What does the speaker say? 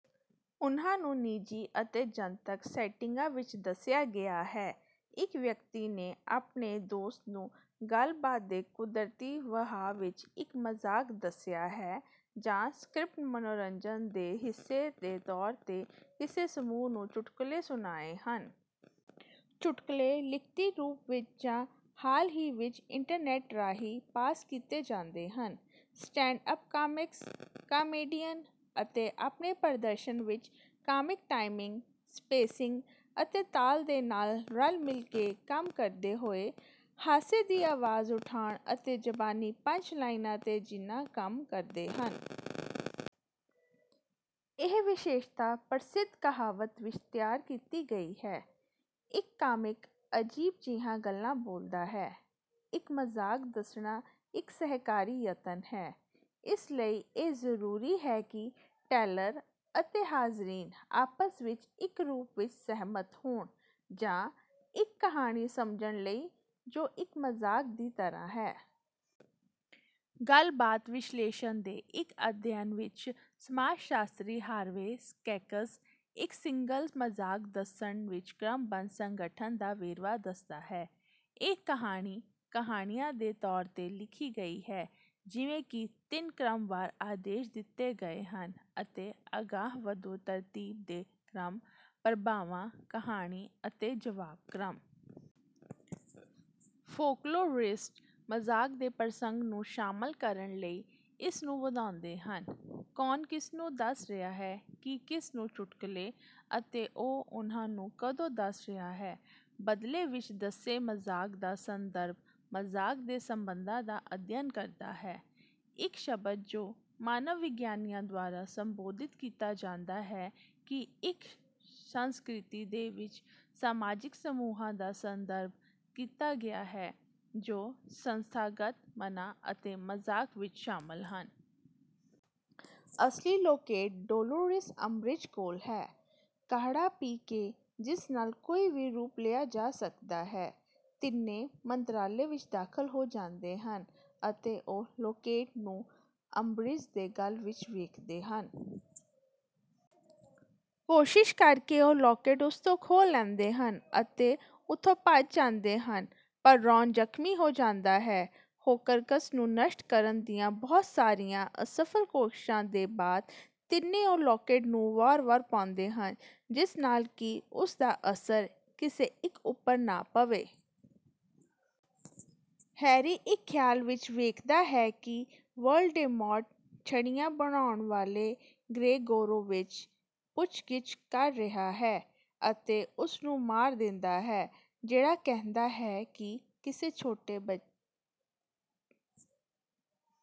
ਉਹਨਾਂ ਨੂੰ ਨਿੱਜੀ ਅਤੇ ਜਨਤਕ ਸੈਟਿੰਗਾਂ ਵਿੱਚ ਦੱਸਿਆ ਗਿਆ ਹੈ। ਇੱਕ ਵਿਅਕਤੀ ਨੇ ਆਪਣੇ ਦੋਸਤ ਨੂੰ ਗੱਲਬਾਤ ਦੇ ਕੁਦਰਤੀ ਵਹਾਅ ਵਿੱਚ ਇੱਕ ਮਜ਼ਾਕ ਦੱਸਿਆ ਹੈ ਜਾਂ ਸਕ੍ਰਿਪਟ ਮਨੋਰੰਜਨ ਦੇ ਹਿੱਸੇ ਦੇ ਤੌਰ ’ਤੇ ਕਿਸੇ ਸਮੂਹ ਨੂੰ ਚੁਟਕਲੇ ਸੁਣਾਏ ਹਨ। ਚੁਟਕਲੇ ਲਿਖਤੀ ਰੂਪ ਵਿੱਚ ਜਾਂ, ਹਾਲ ਹੀ ਵਿੱਚ, ਇੰਟਰਨੈੱਟ ਰਾਹੀਂ ਪਾਸ ਕੀਤੇ ਜਾਂਦੇ ਹਨ। ਸਟੈਂਡ-ਅੱਪ ਕਾਮਿਕਸ, ਕਾਮੇਡੀਅਨ ਅਤੇ ਆਪਣੇ ਪ੍ਰਦਰਸ਼ਨ ਵਿੱਚ ਕਾਮਿਕ ਟਾਈਮਿੰਗ, ਸਪੇਸਿੰਗ ਅਤੇ ਤਾਲ ਦੇ ਨਾਲ ਰਲ-ਮਿਲ ਕੇ ਕੰਮ ਕਰਦੇ ਹੋਏ, ਹਾਸੇ ਲਈ ਆਵਾਜ਼ ਉਠਾਉਣ ਅਤੇ ਜ਼ਬਾਨੀ ਪੰਚਲਾਈਨਾਂ ’ਤੇ ਜਿੰਨਾ ਕੰਮ ਕਰਦੇ ਹਨ। ਇਹ ਵਿਸ਼ੇਸ਼ਤਾ ਪ੍ਰਸਿੱਧ ਕਹਾਵਤ ਵਿੱਚ ਤਿਆਰ ਕੀਤੀ ਗਈ ਹੈ: “ਇੱਕ ਕਾਮਿਕ ਅਜੀਬ ਜਿਹੀਆਂ ਗੱਲਾਂ ਬੋਲਦਾ ਹੈ; ਇੱਕ ਮਜ਼ਾਕ ਦੱਸਣਾ ਇੱਕ ਸਹਿਕਾਰੀ ਯਤਨ ਹੈ। ਇਸ ਲਈ ਇਹ ਜ਼ਰੂਰੀ ਹੈ ਕਿ ਟੈਲਰ ਅਤੇ ਹਾਜ਼ਰੀਨ ਆਪਸ ਵਿੱਚ ਇੱਕ ਰੂਪ ਵਿੱਚ ਸਹਿਮਤ ਹੋਣ ਜਾਂ ਇੱਕ ਕਹਾਣੀ ਸਮਝਣ ਲਈ ਜੋ ਇੱਕ ਮਜ਼ਾਕ ਦੀ ਤਰ੍ਹਾਂ ਹੈ।” ਗੱਲਬਾਤ ਵਿਸ਼ਲੇਸ਼ਣ ਦੇ ਇੱਕ ਅਧਿਐਨ ਵਿੱਚ, ਸਮਾਜ-ਸ਼ਾਸਤਰੀ ਹਾਰਵੇ ਸਕੈਕਸ ਇੱਕ ਸਿੰਗਲ ਮਜ਼ਾਕ ਦੱਸਣ ਵਿੱਚ ਕ੍ਰਮਬੱਧ ਸੰਗਠਨ ਦਾ ਵੇਰਵਾ ਦੱਸਦਾ ਹੈ। “ਇਹ ਕਹਾਣੀ ਕਹਾਣੀਆਂ ਦੇ ਤੌਰ ’ਤੇ ਲਿਖੀ ਗਈ ਹੈ, ਜਿਵੇਂ ਕਿ ਤਿੰਨ ਕ੍ਰਮਵਾਰ ਆਦੇਸ਼ ਦਿੱਤੇ ਗਏ ਹਨ ਅਤੇ ਅਗਾਂਹਵਧੂ ਤਰਤੀਬ ਦੇ ਕ੍ਰਮ—ਪ੍ਰਭਾਵਾਂ, ਕਹਾਣੀ ਅਤੇ ਜਵਾਬ ਕ੍ਰਮ।” ਫੋਕਲੋਰਿਸਟ ਮਜ਼ਾਕ ਦੇ ਪ੍ਰਸੰਗ ਨੂੰ ਸ਼ਾਮਲ ਕਰਨ ਲਈ ਇਸ ਨੂੰ ਵਧਾਉਂਦੇ ਹਨ: ਕੌਣ ਕਿਸਨੂੰ ਦੱਸ ਰਿਹਾ ਹੈ ਕਿ ਕਿਸ ਨੂੰ ਚੁਟਕਲੇ? ਅਤੇ ਉਹ ਉਨ੍ਹਾਂ ਨੂੰ ਕਦੋਂ ਦੱਸ ਰਿਹਾ ਹੈ? ਬਦਲੇ ਵਿੱਚ ਦੱਸੇ ਮਜ਼ਾਕ ਦਾ ਸੰਦਰਭ ਮਜ਼ਾਕ ਦੇ ਸੰਬੰਧਾਂ ਦਾ ਅਧਿਐਨ ਕਰਦਾ ਹੈ, ਇੱਕ ਸ਼ਬਦ ਜੋ ਮਾਨਵ-ਵਿਗਿਆਨੀਆਂ ਦੁਆਰਾ ਸੰਬੋਧਿਤ ਕੀਤਾ ਜਾਂਦਾ ਹੈ ਕਿ ਇੱਕ ਸੰਸਕ੍ਰਿਤੀ ਦੇ ਵਿੱਚ ਸਮਾਜਿਕ ਸਮੂਹਾਂ ਦਾ ਸੰਦਰਭ ਕੀਤਾ ਗਿਆ ਹੈ, ਜੋ ਸੰਸਥਾਗਤ ਮਨਾਂ ਅਤੇ ਮਜ਼ਾਕ ਵਿੱਚ ਸ਼ਾਮਲ ਹਨ। ਅਸਲੀ ਲੌਕੇਟ ਡੋਲੋਰਿਸ ਅੰਬਰਿਜ ਕੋਲ ਹੈ। ਕਾੜ੍ਹਾ ਪੀ ਕੇ, ਜਿਸ ਨਾਲ ਕੋਈ ਵੀ ਰੂਪ ਲਿਆ ਜਾ ਸਕਦਾ ਹੈ, ਤਿੰਨੇ ਮੰਤਰਾਲੇ ਵਿੱਚ ਦਾਖ਼ਲ ਹੋ ਜਾਂਦੇ ਹਨ ਅਤੇ ਉਹ ਲੌਕੇਟ ਨੂੰ ਅੰਬਰਿਜ ਦੇ ਗਲ ਵਿੱਚ ਵੇਖਦੇ ਹਨ। ਕੋਸ਼ਿਸ਼ ਕਰਕੇ ਉਹ ਲੌਕੇਟ ਉਸ ਤੋਂ ਖੋਹ ਲੈਂਦੇ ਹਨ ਅਤੇ ਉੱਥੋਂ ਭੱਜ ਜਾਂਦੇ ਹਨ, ਪਰ ਰੌਨ ਜ਼ਖ਼ਮੀ ਹੋ ਜਾਂਦਾ ਹੈ। ਹੋਕਰਕਸ ਨੂੰ ਨਸ਼ਟ ਕਰਨ ਦੀਆਂ ਬਹੁਤ ਸਾਰੀਆਂ ਅਸਫ਼ਲ ਕੋਸ਼ਿਸ਼ਾਂ ਦੇ ਬਾਅਦ, ਤਿੰਨੇ ਉਸ ਲੌਕੇਟ ਨੂੰ ਵਾਰ-ਵਾਰ ਪਾਉਂਦੇ ਹਨ, ਜਿਸ ਨਾਲ ਕਿ ਉਸ ਦਾ ਅਸਰ ਕਿਸੇ ਇੱਕ ਉੱਪਰ ਨਾ ਪਵੇ। ਹੈਰੀ ਇੱਕ ਖ਼ਿਆਲ ਵਿੱਚ ਵੇਖਦਾ ਹੈ ਕਿ ਵੌਲਡੇਮੌਰਟ ਛੜੀਆਂ ਬਣਾਉਣ ਵਾਲੇ ਗ੍ਰੇਗੋਰੋਵਿਚ ਦੀ ਪੁੱਛਗਿੱਛ ਕਰ ਰਿਹਾ ਹੈ ਅਤੇ ਉਸ ਨੂੰ ਮਾਰ ਦਿੰਦਾ ਹੈ, ਜਿਹੜਾ ਕਹਿੰਦਾ ਹੈ ਕਿ ਕਿਸੇ ਛੋਟੇ ਬੱਚ...